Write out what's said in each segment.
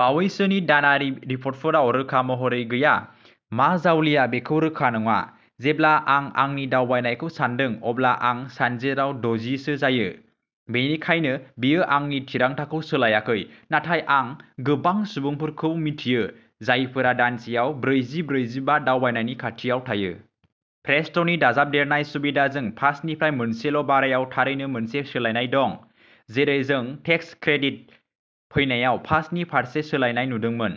बावैसोनि दानारि रिपरटफोराव रोखा महरै गैया। मा जावलिया बेखौ रोखा नङा। जेब्ला आं आंनि दावबायनायखौ सानदों अब्ला आं सानजेराव दजि सो जायो। बेनिखायनो बेयो आंनि थिरांथाखौ सोलायाखै। नाथाय आं गोबां सुबुंफोरखौ मिथियो जायफोरा दानसेआव ब्रैजि-ब्रैजिबा दावबायनायनि खाथियाव थायो। प्रेस्ट'नि दाजाबदेरनाय सुबिदाजों पासनिफ्राय मोनसेल' भारायाव थारैनो मोनसे सोलायनाय दं। जेरै जों टेक्स क्रेडिट फैनायाव पासनि फारसे सोलायनाय नुदोंमोन।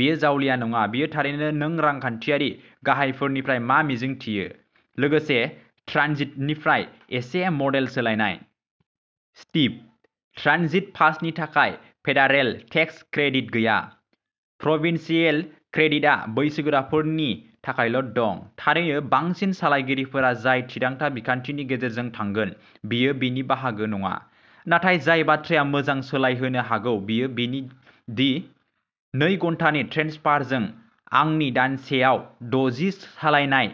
बेयो जावलिया नङा। बेयो थारैनो नों रांखान्थियारि गाहायफोरनिफ्राय मा मिजिंथियो। लोगोसे ट्रानजिटनिफ्राय एसे मडेल सोलायनाय। स्टीभ ट्रानजिट पासनि थाखाय फेडारेल टेक्स क्रेडिट गैया। प्रभिन्सियेल क्रेडिटआ बैसोगोराफोरनि थाखायल' दं। थारैनो बांसिन सालायगिरिफोरा जाय थिरांथा बिखान्थिनि गेजेरजों थांगोन बेयो बेनि बाहागो नङा। नाथाय जाय बाथ्राया मोजां सोलायहोनो हागौ बेयो बेनो दि नै घन्टानि ट्रेन्सफारजों आंनि दानसेआव दजि सालायनाय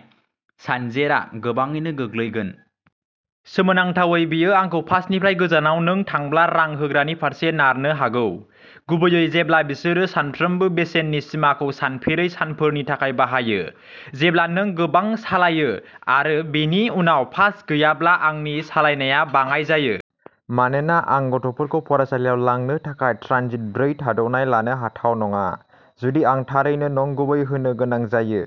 सानजेरआ गोबाङैनो गोग्लैगोन। सोमोनांथावै बेयो आंखौ पासनिफ्राय गोजानाव नों थांब्ला रां होग्रानि फारसे नारनो हागौ। गुबैयै जेब्ला बिसोरो सानफ्रामबो बेसेननि सिमाखौ सानफेरै सानफोरनि थाखाय बाहायो। जेब्ला नों गोबां सालायो आरो बेनि उनाव पास गैयाब्ला आंनि सालायनायआ बाङाइ जायो। मानोना आं गथ'फोरखौ फरायसालियाव लांनो थाखाय ट्रानजिट ब्रै थाद'नाय लानो हाथाव नङा। जुदि आं थारैनो नंगुबै होनो गोनां जायो।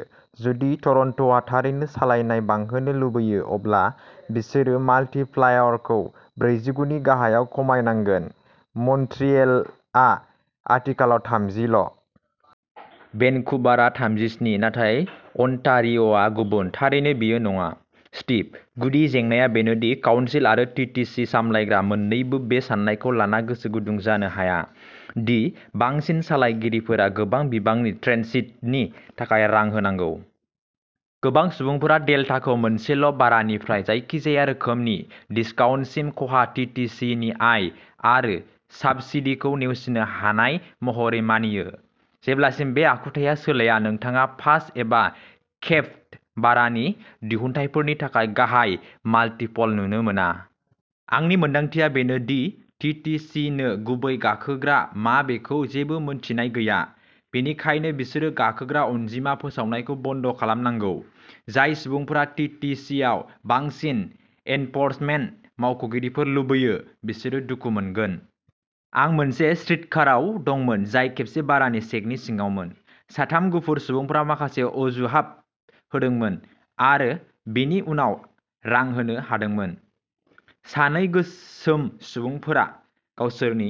जुदि टरन्ट'आ थारैनो सालायनाय बांहोनो लुबैयो अब्ला बिसोरो माल्टिप्लायरखौ ब्रैजिगु नि गाहायाव खमायनांगोन। मन्ट्रियेलआ आथिखालाव थामजि ल'। भेनकुभार आ थामजिस्नि। नाथाय अन्टारिय'आ गुबुन। थारैनो बेयो नङा। स्टिभ गुदि जेंनाया बेनो दि काउन्सिल आरो टि टि सि सामलायग्रा मोननैबो बे साननायखौ लाना गोसो गुदुं जानो हाया दि बांसिन सालायगिरिफोरा गोबां बिबांनि ट्रेन्सितनि थाखाय रां होनांगौ। गोबां सुबुंफोरा डेल्टाखौ मोनसेल' भारानिफ्राय जायखिजाया रोखोमनि डिस्काउन्टसिम खहा टि टि सि नि आय आरो साबसिडिखौ नेवसिनो हानाय महरै मानियो। जेब्लासिम बे आखुथाया सोलाया नोंथाङा पास एबा केप्ड भारानि दिहुनथायफोरनि थाखाय गाहाय माल्टिपल नुनो मोना। आंनि मोनदांथिआ बेनो दि टि टि सि नो गुबै गाखोग्रा मा बेखौ जेबो मोन्थिनाय गैया। बेनिखायनो बिसोरो गाखोग्रा अनजिमा फोसावनायखौ बन्द खालामनांगौ। जाय सुबुंफोरा टि टि सि आव बांसिन एनफर्समेन्ट मावख'गिरिफोर लुबैयो बिसोरो दुखु मोनगोन। आं मोनसे स्रिटकाराव दंमोन जाय खेबसे भारानि चेकनि सिङावमोन। साथाम गुफुर सुबुंफोरा माखासे अजुहाब होदोंमोन आरो बेनि उनाव रां होनो हादोंमोन। सानै गोसोम सुबुंफोरा गावसोरनि